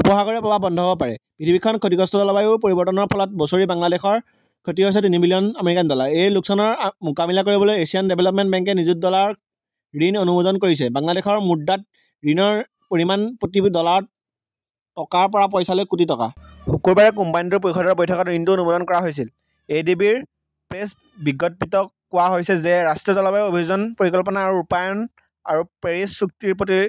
উপসাগৰীয় প্ৰবাহ বন্ধ হ'ব পাৰে, পৃথিৱীখন ক্ষতিগ্ৰস্ত জলবায়ু পৰিৱৰ্তনৰ ফলত বছৰি বাংলাদেশৰ ক্ষতি হৈছে তিনি বিলিয়ন আমেৰিকান ডলাৰ। এই লোকচানৰ মোকাবিলা কৰিবলৈ এছিয়ান ডেভেলপমেণ্ট বেংকে নিযুত ডলাৰৰ ঋণ অনুমোদন কৰিছে। বাংলাদেশৰ মুদ্ৰাত ঋণৰ পৰিমাণ প্ৰতি ডলাৰত টকাৰ পৰা পইচালৈ কোটি টকা। শুকুৰবাৰে কোম্পানীটোৰ পৰিষদৰ বৈঠকত ঋণটো অনুমোদন কৰা হৈছিল। এ. ডি. বি. -ৰ প্ৰেছ বিজ্ঞপ্তিত কোৱা হৈছে যে ৰাষ্ট্ৰীয় জলবায়ু অভিযোজন পৰিকল্পনা ৰ ৰূপায়ণ আৰু পেৰিছ চুক্তিৰ প্ৰতি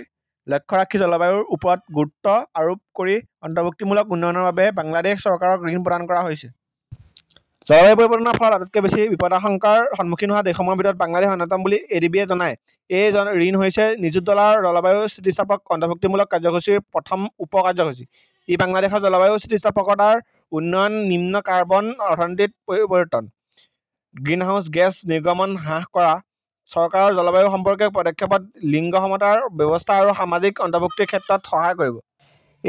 লক্ষ্য ৰাখি জলবায়ুৰ ওপৰত গুৰুত্ব আৰোপ কৰি অন্তৰ্ভুক্তিমূলক উন্নয়নৰ বাবে বাংলাদেশ চৰকাৰক ঋণ প্ৰদান কৰা হৈছে। জলবায়ু পৰিৱৰ্তনৰ ফলত আটাইতকৈ বেছি বিপদাশংকাৰ সন্মুখীন হোৱা দেশসমূহৰ ভিতৰত বাংলাদেশ অন্যতম বুলি এডিবি-য়ে জনায়। এই ঋণ হৈছে নিযুত ডলাৰৰ জলবায়ু-স্থিতিস্থাপক অন্তৰ্ভুক্তিমূলক কাৰ্যসূচীৰ প্ৰথম উপ-কাৰ্যসূচী। ই বাংলাদেশৰ জলবায়ু স্থিতিস্থাপকতাৰ উন্নয়ন, নিম্ন কাৰ্বন অৰ্থনীতিত পৰিৱৰ্তন, গ্ৰিনহাউজ গেছ নিৰ্গমন হ্ৰাস কৰা, চৰকাৰৰ জলবায়ু সম্পৰ্কীয় পদক্ষেপত লিংগ-সমতাৰ ব্যৱস্থা আৰু সামাজিক অন্তৰ্ভুক্তিৰ ক্ষেত্ৰত সহায় কৰিব।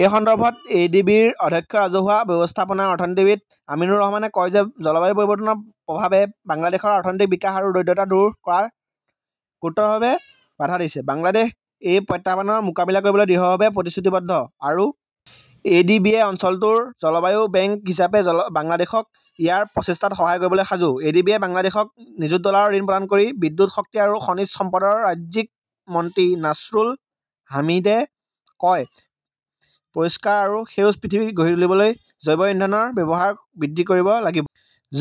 এই সন্দৰ্ভত এ. ডি. বি. -ৰ অধ্যক্ষীয় ৰাজহুৱা ব্যৱস্থাপনা অৰ্থনীতিবিদ আমিনুৰ ৰহমানে কয় যে জলবায়ু পৰিৱৰ্তনৰ প্ৰভাৱে বাংলাদেশৰ অৰ্থনৈতিক বিকাশ আৰু দৰিদ্ৰতা দূৰ কৰাত গুৰুতৰভাৱে বাধা দিছে। বাংলাদেশ এই প্ৰত্যাহ্বানৰ মোকাবিলা কৰিবলৈ দৃঢ়ভাৱে প্ৰতিশ্ৰুতিবদ্ধ আৰু এ ডি. বি. -য়ে অঞ্চলটোৰ জলবায়ু বেংক হিচাপে বাংলাদেশক ইয়াৰ প্ৰচেষ্টাত সহায় কৰিবলৈ সাজু। এডিবিয়ে বাংলাদেশক নিযুত ডলাৰৰ ঋণ প্ৰদান কৰিব বিদ্যুৎ শক্তি আৰু খনিজ সম্পদৰ ৰাজ্যিক মন্ত্ৰী নাছৰুল হামিদে কয়, পৰিষ্কাৰ আৰু সেউজ পৃথিৱী গঢ়ি তুলিবলৈ জৈৱ ইন্ধনৰ ব্যৱহাৰ বৃদ্ধি কৰিব লাগিব।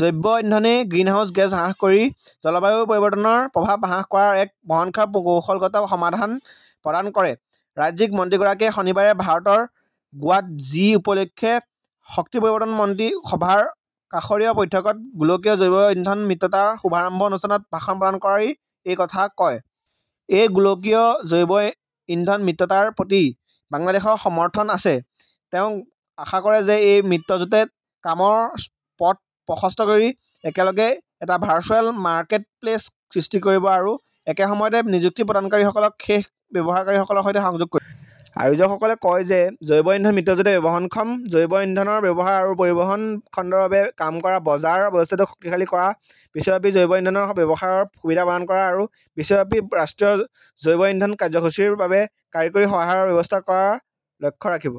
জৈৱ ইন্ধনেই গ্ৰিনহাউজ গেছ হ্ৰাস কৰি জলবায়ু পৰিৱৰ্তনৰ প্ৰভাৱ হ্ৰাস কৰাৰ এক বহনক্ষম কৌশলগত সমাধান প্ৰদান কৰে। ৰাজ্যিক মন্ত্ৰীগৰাকীয়ে শনিবাৰে ভাৰতৰ গোৱাত জি- উপলক্ষে 'শক্তি পৰিৱৰ্তন মন্ত্ৰী সভা ৰ কাষৰীয়া বৈঠকত' গোলকীয় জৈৱ ইন্ধন মিত্ৰতাৰ শুভাৰম্ভ অনুষ্ঠানত ভাষণ প্ৰদান কৰি এই কথা কয়। এই গোলকীয় জৈৱ ইন্ধন মিত্ৰতাৰ প্ৰতি বাংলাদেশৰ সমৰ্থন আছে। তেওঁ আশা কৰে যে এই মিত্ৰজোঁটে কামৰ পথ প্ৰশস্ত কৰি একেলগে এটা ভাৰ্চুৱেল মাৰ্কেটপ্লেচ সৃষ্টি কৰিব আৰু একে সময়তে নিযুক্তি প্ৰদানকাৰীসকলক শেষ ব্যৱহাৰকাৰীসকলৰ সৈতে সংযোগ কৰি। আয়োজকসকলে কয় যে জৈৱ ইন্ধন মিত্ৰজোঁটে বহনক্ষম জৈৱ ইন্ধনৰ ব্যৱহাৰ আৰু পৰিবহণ খণ্ডৰ বাবে কাম কৰা, বজাৰ ব্যৱস্থাটোক শক্তিশালী কৰা, বিশ্বব্যাপী জৈৱ ইন্ধনৰ ব্যৱসায়ৰ সুবিধা প্ৰদান কৰা আৰু বিশ্বব্যাপী ৰাষ্ট্ৰীয় জৈৱ ইন্ধন কাৰ্যসূচীৰ বাবে কাৰিকৰী সহায়ৰ ব্যৱস্থা কৰাৰ লক্ষ্য ৰাখিব।